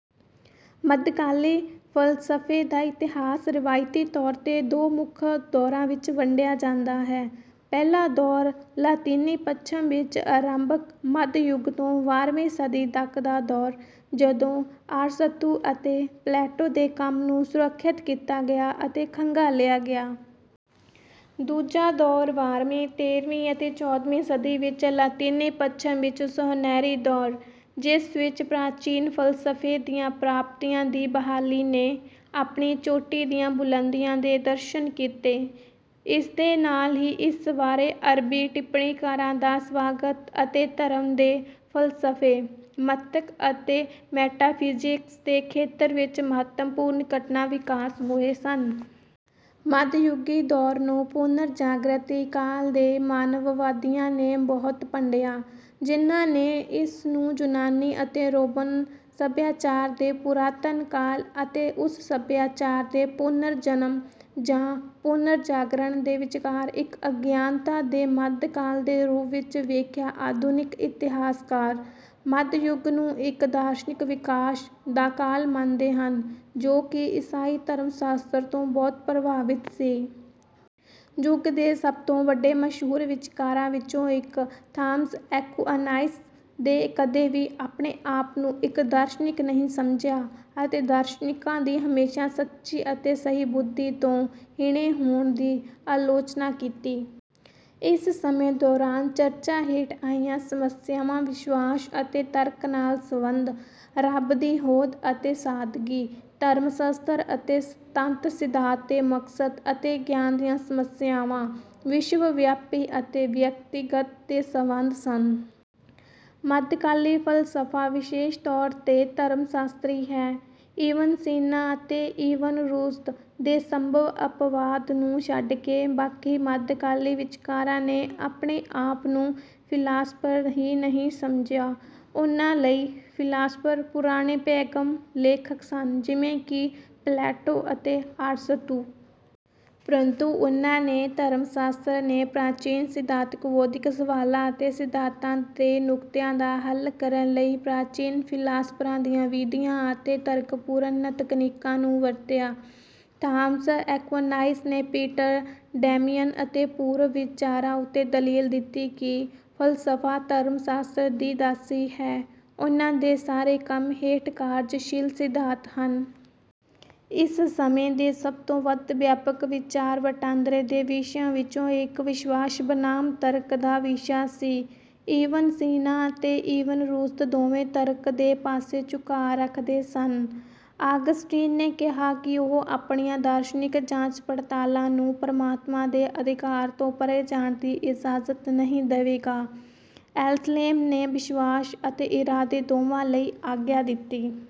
ਮੱਧਕਾਲੀ ਫ਼ਲਸਫ਼ੇ ਦਾ ਇਤਿਹਾਸ ਰਵਾਇਤੀ ਤੌਰ ਤੇ ਦੋ ਮੁੱਖ ਦੌਰਾਂ ਵਿੱਚ ਵੰਡਿਆ ਜਾਂਦਾ ਹੈ। ਪਹਿਲਾ ਦੌਰ ਲਾਤੀਨੀ ਪੱਛਮ ਵਿੱਚ ਅਰੰਭਕ ਮੱਧ ਯੁੱਗ ਤੋਂ ਬਾਰ੍ਹਵੀਂ ਸਦੀ ਤੱਕ ਦਾ ਦੌਰ, ਜਦੋਂ ਅਰਸਤੂ ਅਤੇ ਪਲੈਟੋ ਦੇ ਕੰਮ ਨੂੰ ਸੁਰੱਖਿਅਤ ਕੀਤਾ ਗਿਆ ਅਤੇ ਖੰਗਾਲਿਆ ਗਿਆ। ਦੂਜਾ ਦੌਰ ਬਾਰ੍ਹਵੀਂ, ਤੇਰ੍ਹਵੀਂ ਅਤੇ ਚੌਦ੍ਹਵੀਂ ਸਦੀ ਵਿੱਚ ਲਾਤੀਨੀ ਪੱਛਮ ਵਿੱਚ 'ਸੁਨਹਿਰੀ ਦੌਰ', ਜਿਸ ਵਿੱਚ ਪ੍ਰਾਚੀਨ ਫ਼ਲਸਫ਼ੇ ਦੀਆਂ ਪ੍ਰਾਪਤੀਆਂ ਦੀ ਬਹਾਲੀ ਨੇ, ਆਪਣੀਆਂ ਚੋਟੀ ਦੀਆਂ ਬੁਲੰਦੀਆਂ ਦੇ ਦਰਸ਼ਨ ਕੀਤੇ। ਇਸ ਦੇ ਨਾਲ ਹੀ ਇਸ ਬਾਰੇ ਅਰਬੀ ਟਿੱਪਣੀਕਾਰਾਂ ਦਾ ਸਵਾਗਤ ਅਤੇ ਧਰਮ ਦੇ ਫ਼ਲਸਫ਼ੇ, ਮੰਤਕ ਅਤੇ ਮੈਟਾਫਿਜ਼ਿਕਸ ਦੇ ਖੇਤਰ ਵਿੱਚ ਮਹੱਤਵਪੂਰਨ ਘਟਨਾ ਵਿਕਾਸ ਹੋਏ ਸਨ। ਮੱਧਯੁਗੀ ਦੌਰ ਨੂੰ ਪੁਨਰ ਜਾਗਰਤੀ ਕਾਲ ਦੇ ਮਾਨਵਵਾਦੀਆਂ ਨੇ ਬਹੁਤ ਭੰਡਿਆ, ਜਿਹਨਾਂ ਨੇ ਇਸ ਨੂੰ ਯੂਨਾਨੀ ਅਤੇ ਰੋਮਨ ਸਭਿਆਚਾਰ ਦੇ ਪੁਰਾਤਨ ਕਾਲ ਅਤੇ ਉਸ ਸੱਭਿਆਚਾਰ ਦੇ 'ਪੁਨਰ ਜਨਮ' ਜਾਂ ਪੁਨਰਜਾਗਰਣ ਦੇ ਵਿਚਕਾਰ ਇੱਕ ਅਗਿਆਨਤਾ ਦੇ 'ਮੱਧ' ਕਾਲ ਦੇ ਰੂਪ ਵਿੱਚ ਵੇਖਿਆ ਆਧੁਨਿਕ ਇਤਿਹਾਸਕਾਰ ਮੱਧਯੁੱਗ ਨੂੰ ਇੱਕ ਦਾਰਸ਼ਨਿਕ ਵਿਕਾਸ ਦਾ ਕਾਲ ਮੰਨਦੇ ਹਨ, ਜੋ ਕਿ ਈਸਾਈ ਧਰਮ ਸ਼ਾਸਤਰ ਤੋਂ ਬਹੁਤ ਪ੍ਰਭਾਵਿਤ ਸੀ। ਯੁੱਗ ਦੇ ਸਭ ਤੋਂ ਵੱਡੇ ਮਸ਼ਹੂਰ ਵਿਚਾਰਕਾਂ ਵਿੱਚੋਂ ਇੱਕ, ਥਾਮਸ ਐਕੁਆਇਨਸ ਨੇ ਕਦੇ ਵੀ ਆਪਣੇ ਆਪ ਨੂੰ ਇੱਕ ਦਾਰਸ਼ਨਿਕ ਨਹੀਂ ਸਮਝਿਆ, ਅਤੇ ਦਾਰਸ਼ਨਿਕਾਂ ਦੀ ਹਮੇਸ਼ਾ "ਸੱਚੀ ਅਤੇ ਸਹੀ ਬੁੱਧੀ ਤੋਂ ਹੀਣੇ ਹੋਣ" ਦੀ ਆਲੋਚਨਾ ਕੀਤੀ। ਇਸ ਸਮੇਂ ਦੌਰਾਨ ਚਰਚਾ ਹੇਠ ਆਈਆਂ ਸਮੱਸਿਆਵਾਂ ਵਿਸ਼ਵਾਸ ਅਤੇ ਤਰਕ ਨਾਲ ਸੰਬੰਧ, ਰੱਬ ਦੀ ਹੋਂਦ ਅਤੇ ਸਾਦਗੀ, ਧਰਮ ਸ਼ਾਸਤਰ ਅਤੇ ਤੱਤ ਸਿਧਾਂਤ ਦੇ ਮਕਸਦ ਅਤੇ ਗਿਆਨ ਦੀਆਂ ਸਮੱਸਿਆਵਾਂ, ਵਿਸ਼ਵ ਵਿਆਪੀ ਅਤੇ ਵਿਅਕਤੀਗਤ ਦੇ ਸੰਬੰਧ ਸਨ। ਮੱਧਕਾਲੀ ਫ਼ਲਸਫ਼ਾ ਵਿਸ਼ੇਸ਼ ਤੌਰ ਤੇ ਧਰਮ ਸ਼ਾਸਤਰੀ ਹੈ। ਇਬਨ ਸੀਨਾ ਅਤੇ ਇਬਨ ਰੁਸ਼ਦ ਦੇ ਸੰਭਵ ਅਪਵਾਦ ਨੂੰ ਛੱਡ ਕੇ, ਬਾਕੀ ਮੱਧਕਾਲੀ ਵਿਚਾਰਕਾਂ ਨੇ ਆਪਣੇ ਆਪ ਨੂੰ ਫ਼ਿਲਾਸਫਰ ਹੀ ਨਹੀਂ ਸਮਝਿਆ। ਉਨ੍ਹਾਂ ਲਈ, ਫ਼ਿਲਾਸਫਰ ਪੁਰਾਣੇ ਪੈਗਨ ਲੇਖਕ ਸਨ ਜਿਵੇਂ ਕਿ ਪਲੈਟੋ ਅਤੇ ਅਰਸਤੂ। ਪਰੰਤੂ, ਉਨ੍ਹਾਂ ਦੇ ਧਰਮ ਸ਼ਾਸਤਰ ਨੇ ਪ੍ਰਾਚੀਨ ਸਿਧਾਂਤਕ ਬੌਧਿਕ ਸਵਾਲਾਂ ਅਤੇ ਸਿਧਾਂਤ ਦੇ ਨੁਕਤਿਆਂ ਦਾ ਹੱਲ ਕਰਨ ਲਈ ਪ੍ਰਾਚੀਨ ਫ਼ਿਲਾਸਫਰਾਂ ਦੀਆਂ ਵਿਧੀਆਂ ਅਤੇ ਤਰਕਪੂਰਨ ਤਕਨੀਕਾਂ ਨੂੰ ਵਰਤਿਆ। ਥਾਮਸ ਐਕੁਆਇਨਸ ਨੇ ਪੀਟਰ ਡੈਮੀਅਨ ਦੇ ਪੂਰਵ ਵਿਚਾਰਾਂ ਉੱਤੇ ਦਲੀਲ ਦਿੱਤੀ ਕਿ ਫ਼ਲਸਫ਼ਾ ਧਰਮ ਸ਼ਾਸਤਰ ਦੀ ਦਾਸੀ ਹੈ ਉਨ੍ਹਾਂ ਦੇ ਸਾਰੇ ਕੰਮਾਂ ਹੇਠ ਕਾਰਜਸ਼ੀਲ ਸਿਧਾਂਤ ਹਨ। ਇਸ ਸਮੇਂ ਦੇ ਸਭ ਤੋਂ ਵੱਧ ਵਿਆਪਕ ਵਿਚਾਰ ਵਟਾਂਦਰੇ ਦੇ ਵਿਸ਼ਿਆਂ ਵਿੱਚੋਂ ਇੱਕ ਵਿਸ਼ਵਾਸ ਬਨਾਮ ਤਰਕ ਦਾ ਵਿਸ਼ਾ ਸੀ ਇਬਨ ਸੀਨਾ ਅਤੇ ਇਬਨ ਰੁਸ਼ਦ ਦੋਵੇਂ ਤਰਕ ਦੇ ਪਾਸੇ ਝੁਕਾਅ ਰੱਖਦੇ ਸਨ। ਆਗਸਟੀਨ ਨੇ ਕਿਹਾ ਕਿ ਉਹ ਆਪਣੀਆਂ ਦਾਰਸ਼ਨਿਕ ਜਾਂਚ ਪੜਤਾਲਾਂ ਨੂੰ ਪਰਮਾਤਮਾ ਦੇ ਅਧਿਕਾਰ ਤੋਂ ਪਰੇ ਜਾਣ ਦੀ ਇਜਾਜ਼ਤ ਨਹੀਂ ਦੇਵੇਗਾ। ਐਨਸਲੇਮ ਨੇ ਵਿਸ਼ਵਾਸ ਅਤੇ ਇਰਾਦੇ ਦੋਵਾਂ ਲਈ ਆਗਿਆ ਦਿੱਤੀ